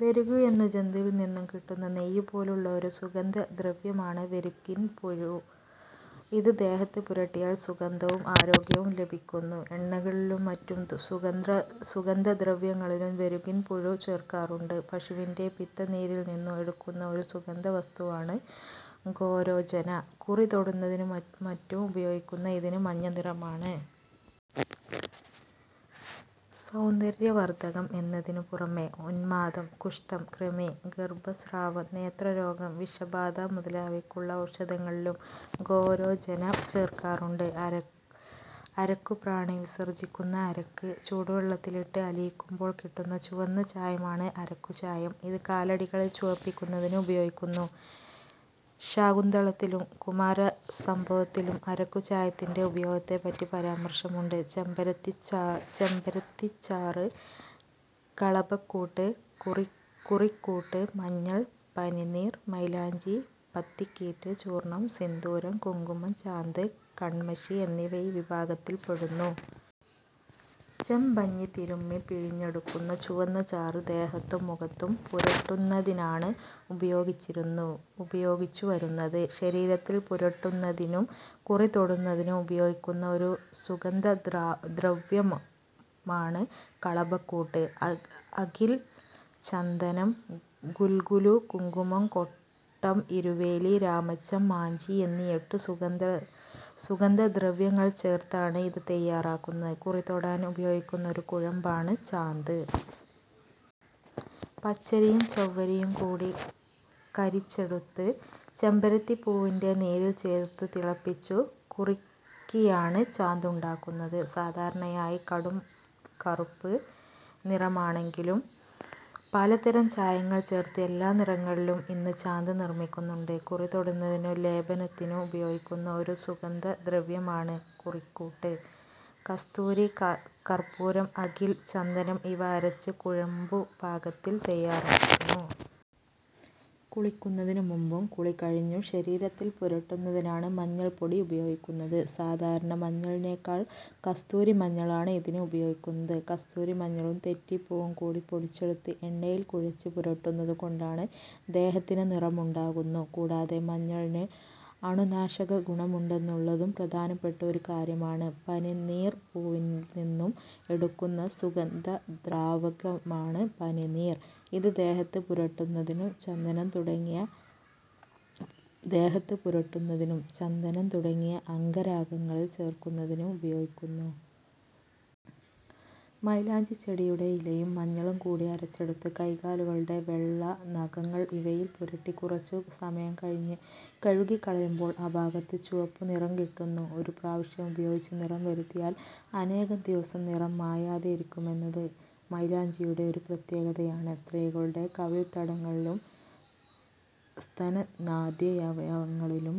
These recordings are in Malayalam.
വെരുക് എന്ന ജന്തുവിൽ നിന്നും കിട്ടുന്ന നെയ്യു പോലുള്ള ഒരു സുഗന്ധദ്രവ്യമാണ് വെരുകിൻപുഴു. ഇത് ദേഹത്ത് പുരട്ടിയാൽ സുഗന്ധവും ആരോഗ്യവും ലഭിക്കുന്നു. എണ്ണകളിലും മറ്റു സുഗന്ധദ്രവ്യങ്ങളിലും വെരുകിൻപുഴു ചേർക്കാറുണ്ട്. പശുവിൻ്റെ പിത്തനീരിൽ നിന്നും എടുക്കുന്ന ഒരു സുഗന്ധവസ്തുവാണ് ഗോരോചന. കുറി തൊടുന്നതിനും മറ്റും ഉപയോഗിക്കുന്ന ഇതിന് മഞ്ഞനിറമാണ്. സൗന്ദര്യവർധകം എന്നതിനു പുറമേ ഉന്മാദം, കുഷ്ഠം, കൃമി, ഗർഭസ്രാവം, നേത്രരോഗം, വിഷബാധ മുതലായവയ്ക്കുള്ള ഔഷധങ്ങളിലും ഗോരോചന ചേർക്കാറുണ്ട്. അരക്കു പ്രാണി വിസർജിക്കുന്ന അരക്ക് ചൂടുവെള്ളത്തിലിട്ട് അലിയിക്കുമ്പോൾ കിട്ടുന്ന ചുവന്ന ചായമാണ് അരക്കുചായം. ഇത് കാലടികൾ ചുവപ്പിക്കുന്നതിന് ഉപയോഗിക്കുന്നു. ശാകുന്തളത്തിലും കുമാരസംഭവത്തിലും അരക്കുചായത്തിൻ്റെ ഉപയോഗത്തെപ്പറ്റി പരാമർശമുണ്ട്. ചെമ്പരത്തിച്ചാറ്, കളഭക്കൂട്ട്, കുറിക്കൂട്ട്, മഞ്ഞൾ, പനിനീർ, മൈലാഞ്ചി, പത്തിക്കീറ്റ്, ചൂർണം, സിന്ദൂരം, കുങ്കുമം, ചാന്ത്, കൺമഷി എന്നിവ ഈ വിഭാഗത്തിൽപ്പെടുന്നു. ചെമ്പഞ്ഞി തിരുമ്മി പിഴിഞ്ഞെടുക്കുന്ന ചുവന്ന ചാറ് ദേഹത്തും മുഖത്തും പുരട്ടുന്നതിനാണ് ഉപയോഗിച്ചുവരുന്നത്. ശരീരത്തിൽ പുരട്ടുന്നതിനും കുറി തൊടുന്നതിനും ഉപയോഗിക്കുന്ന ഒരു സുഗന്ധദ്രവ്യമാണ് കളഭക്കൂട്ട്. അകിൽ, ചന്ദനം, ഗുൽഗുലു, കുങ്കുമം, കൊട്ടം, ഇരുവേലി, രാമച്ചം, മാഞ്ചി എന്നീ എട്ടു സുഗന്ധദ്രവ്യങ്ങൾ ചേർത്താണ് ഇത് തയ്യാറാക്കുന്നത്. കുറി തൊടാൻ ഉപയോഗിക്കുന്ന ഒരു കുഴമ്പാണ് ചാന്ത്. പച്ചരിയും ചവ്വരിയും കൂടി കരിച്ചെടുത്ത് ചെമ്പരത്തിപ്പൂവിൻ്റെ നീരിൽ ചേർത്തു തിളപ്പിച്ചു കുറുക്കിയാണ് ചാന്തുണ്ടാക്കുന്നത്. സാധാരണയായി കടുംകറുപ്പ് നിറമാണെങ്കിലും, പലതരം ചായങ്ങൾ ചേർത്ത് എല്ലാ നിറങ്ങളിലും ഇന്ന് ചാന്ത് നിർമ്മിക്കുന്നുണ്ട്. കുറി തൊടുന്നതിനും ലേപനത്തിനും ഉപയോഗിക്കുന്ന ഒരു സുഗന്ധദ്രവ്യമാണ് കുറിക്കൂട്ട്. കസ്തൂരി, കർപ്പൂരം, അകിൽ, ചന്ദനം ഇവ അരച്ച് കുഴമ്പുപാകത്തിൽ തയ്യാറാക്കുന്നു. കുളിക്കുന്നതിന് മുമ്പും കുളികഴിഞ്ഞും ശരീരത്തിൽ പുരട്ടുന്നതിനാണ് മഞ്ഞൾപ്പൊടി ഉപയോഗിക്കുന്നത്. സാധാരണ മഞ്ഞളിനേക്കാൾ കസ്തൂരിമഞ്ഞളാണ് ഇതിന് ഉപയോഗിക്കുന്നത്. കസ്തൂരിമഞ്ഞളും തെറ്റിപ്പൂവും കൂടി പൊടിച്ചെടുത്ത് എണ്ണയിൽ കുഴച്ച് പുരട്ടുന്നതുകൊണ്ട് ദേഹത്തിന് നിറമുണ്ടാകുന്നു. കൂടാതെ മഞ്ഞളിന് അണുനാശകഗുണമുണ്ടെന്നുള്ളതും പ്രധാനപ്പെട്ട ഒരു കാര്യമാണ്. പനിനീർപ്പൂവിൽ നിന്നും എടുക്കുന്ന സുഗന്ധദ്രാവകമാണ് പനിനീർ. ഇത് ദേഹത്ത് പുരട്ടുന്നതിനും ചന്ദനം തുടങ്ങിയ അംഗരാഗങ്ങളിൽ ചേർക്കുന്നതിനും ഉപയോഗിക്കുന്നു. മൈലാഞ്ചി ചെടിയുടെ ഇലയും മഞ്ഞളും കൂടി അരച്ചെടുത്ത് കൈകാലുകളുടെ വെള്ള, നഖങ്ങൾ ഇവയിൽ പുരട്ടി കുറച്ചു സമയം കഴിഞ്ഞ് കഴുകിക്കളയുമ്പോൾ ആ ഭാഗത്ത് ചുവപ്പുനിറം കിട്ടുന്നു. ഒരു പ്രാവശ്യം ഉപയോഗിച്ച് നിറം വരുത്തിയാൽ അനേകം ദിവസം നിറം മായാതെയിരിക്കുമെന്നത് മൈലാഞ്ചിയുടെ ഒരു പ്രത്യേകതയാണ്. സ്ത്രീകളുടെ കവിൾത്തടങ്ങളിലും സ്തനാദ്യവയവങ്ങളിലും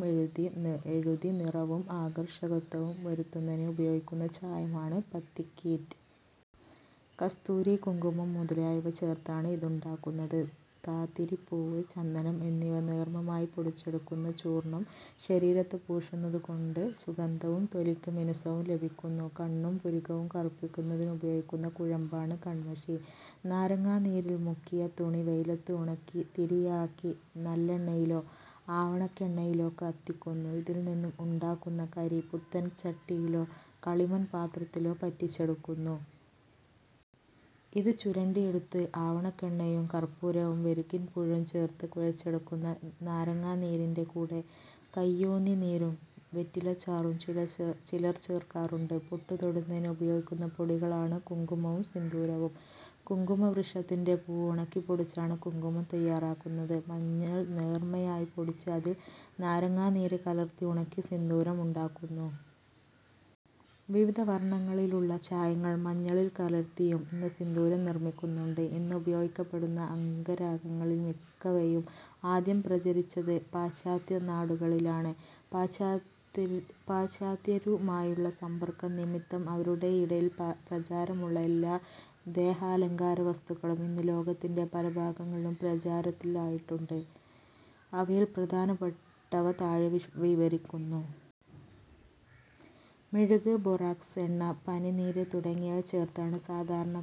എഴുതി നിറവും ആകർഷകത്വവും വരുത്തുന്നതിന് ഉപയോഗിക്കുന്ന ചായമാണ് പത്തിക്കീറ്റ്. കസ്തൂരി, കുങ്കുമം മുതലായവ ചേർത്താണ് ഇതുണ്ടാക്കുന്നത്. താതിരിപ്പൂവ്, ചന്ദനം എന്നിവ നേർമയായി പൊടിച്ചുണ്ടാക്കുന്ന ചൂർണം ശരീരത്ത് പൂശുന്നതുകൊണ്ട് സുഗന്ധവും തൊലിക്ക് മിനുസവും ലഭിക്കുന്നു. കണ്ണും പുരികവും കറുപ്പിക്കുന്നതിന് ഉപയോഗിക്കുന്ന കുഴമ്പാണ് കൺമഷി. നാരങ്ങാനീരിൽ മുക്കിയ തുണി വെയിലത്ത് ഉണക്കി, തിരിയാക്കി നല്ലെണ്ണയിലോ ആവണക്കെണ്ണയിലോ കത്തിക്കുന്നു. ഇതിൽ നിന്നും ഉണ്ടാകുന്ന കരി പുത്തൻ ചട്ടിയിലോ കളിമൺ പാത്രത്തിലോ പറ്റിച്ചെടുക്കുന്നു. ഇത് ചുരണ്ടിയെടുത്ത് ആവണക്കെണ്ണയും കർപ്പൂരവും വെരുകിൻപുഴുവും ചേർത്ത് കുഴച്ചെടുക്കുന്നു. നാരങ്ങാനീരിൻ്റെ കൂടെ കയ്യോന്നിനീരും വെറ്റിലച്ചാറും ചിലർ ചേർക്കാറുണ്ട്. പൊട്ടു തൊടുന്നതിന് ഉപയോഗിക്കുന്ന പൊടികളാണ് കുങ്കുമവും സിന്ദൂരവും. കുങ്കുമവൃക്ഷത്തിൻ്റെ പൂവ് ഉണക്കിപ്പൊടിച്ചാണ് കുങ്കുമം തയ്യാറാക്കുന്നത്. മഞ്ഞൾ നേർമയായി പൊടിച്ച് അതിൽ നാരങ്ങാനീര് കലർത്തി ഉണക്കി സിന്ദൂരം ഉണ്ടാക്കുന്നു. വിവിധ വർണങ്ങളിലുള്ള ചായങ്ങൾ മഞ്ഞളിൽ കലർത്തിയും ഇന്ന് സിന്ദൂരം നിർമ്മിക്കുന്നുണ്ട്. ഇന്ന് ഉപയോഗിക്കപ്പെടുന്ന അംഗരാഗങ്ങളിൽ മിക്കവയും ആദ്യം പ്രചരിച്ചത് പാശ്ചാത്യ നാടുകളിലാണ്. പാശ്ചാത്യരുമായുള്ള സമ്പർക്കം നിമിത്തം അവരുടെയിടയിൽ പ്രചാരമുള്ള എല്ലാ ദേഹാലങ്കാര വസ്തുക്കളും ഇന്ന് ലോകത്തിൻ്റെ പല ഭാഗങ്ങളിലും പ്രചാരത്തിൽ ആയിട്ടുണ്ട്. അവയിൽ പ്രധാനപ്പെട്ടവ താഴെ വിവരിക്കുന്നു. മെഴുക്, ബോറാക്സ്, എണ്ണ, പനിനീര് തുടങ്ങിയവ ചേർത്താണ് സാധാരണ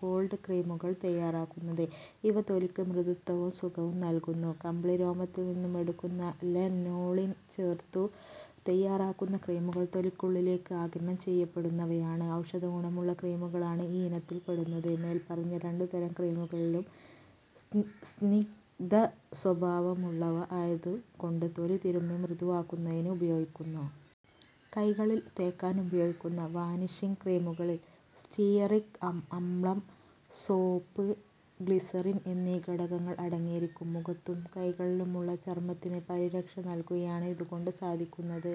കോൾഡ് ക്രീമുകൾ തയ്യാറാക്കുന്നത്. ഇവ തൊലിക്ക് മൃദുത്വവും സുഖവും നൽകുന്നു. കമ്പിളിരോമത്തിൽ നിന്നും എടുക്കുന്ന ലനോളിൻ ചേർത്തു തയ്യാറാക്കുന്ന ക്രീമുകൾ തൊലിക്കുള്ളിലേക്ക് ആഗിരണം ചെയ്യപ്പെടുന്നവയാണ്. ഔഷധഗുണമുള്ള ക്രീമുകളാണ് ഈ ഇനത്തിൽ പെടുന്നത്. മേൽപ്പറഞ്ഞ രണ്ടുതരം ക്രീമുകളും സ്നിഗ്ധസ്വഭാവമുള്ളവ ആയതുകൊണ്ട് തൊലി തിരുമ്മി മൃദുവാക്കുന്നതിന് ഉപയോഗിക്കുന്നു. കൈകളിൽ തേക്കാൻ ഉപയോഗിക്കുന്ന വാനിഷിംഗ് ക്രീമുകളിൽ സ്റ്റീയറിക് അമ്ലം, സോപ്പ്, ഗ്ലിസറിൻ എന്നീ ഘടകങ്ങൾ അടങ്ങിയിരിക്കും. മുഖത്തും കൈകളിലുമുള്ള ചർമത്തിന് പരിരക്ഷ നൽകുകയാണ് ഇതുകൊണ്ട് സാധിക്കുന്നത്.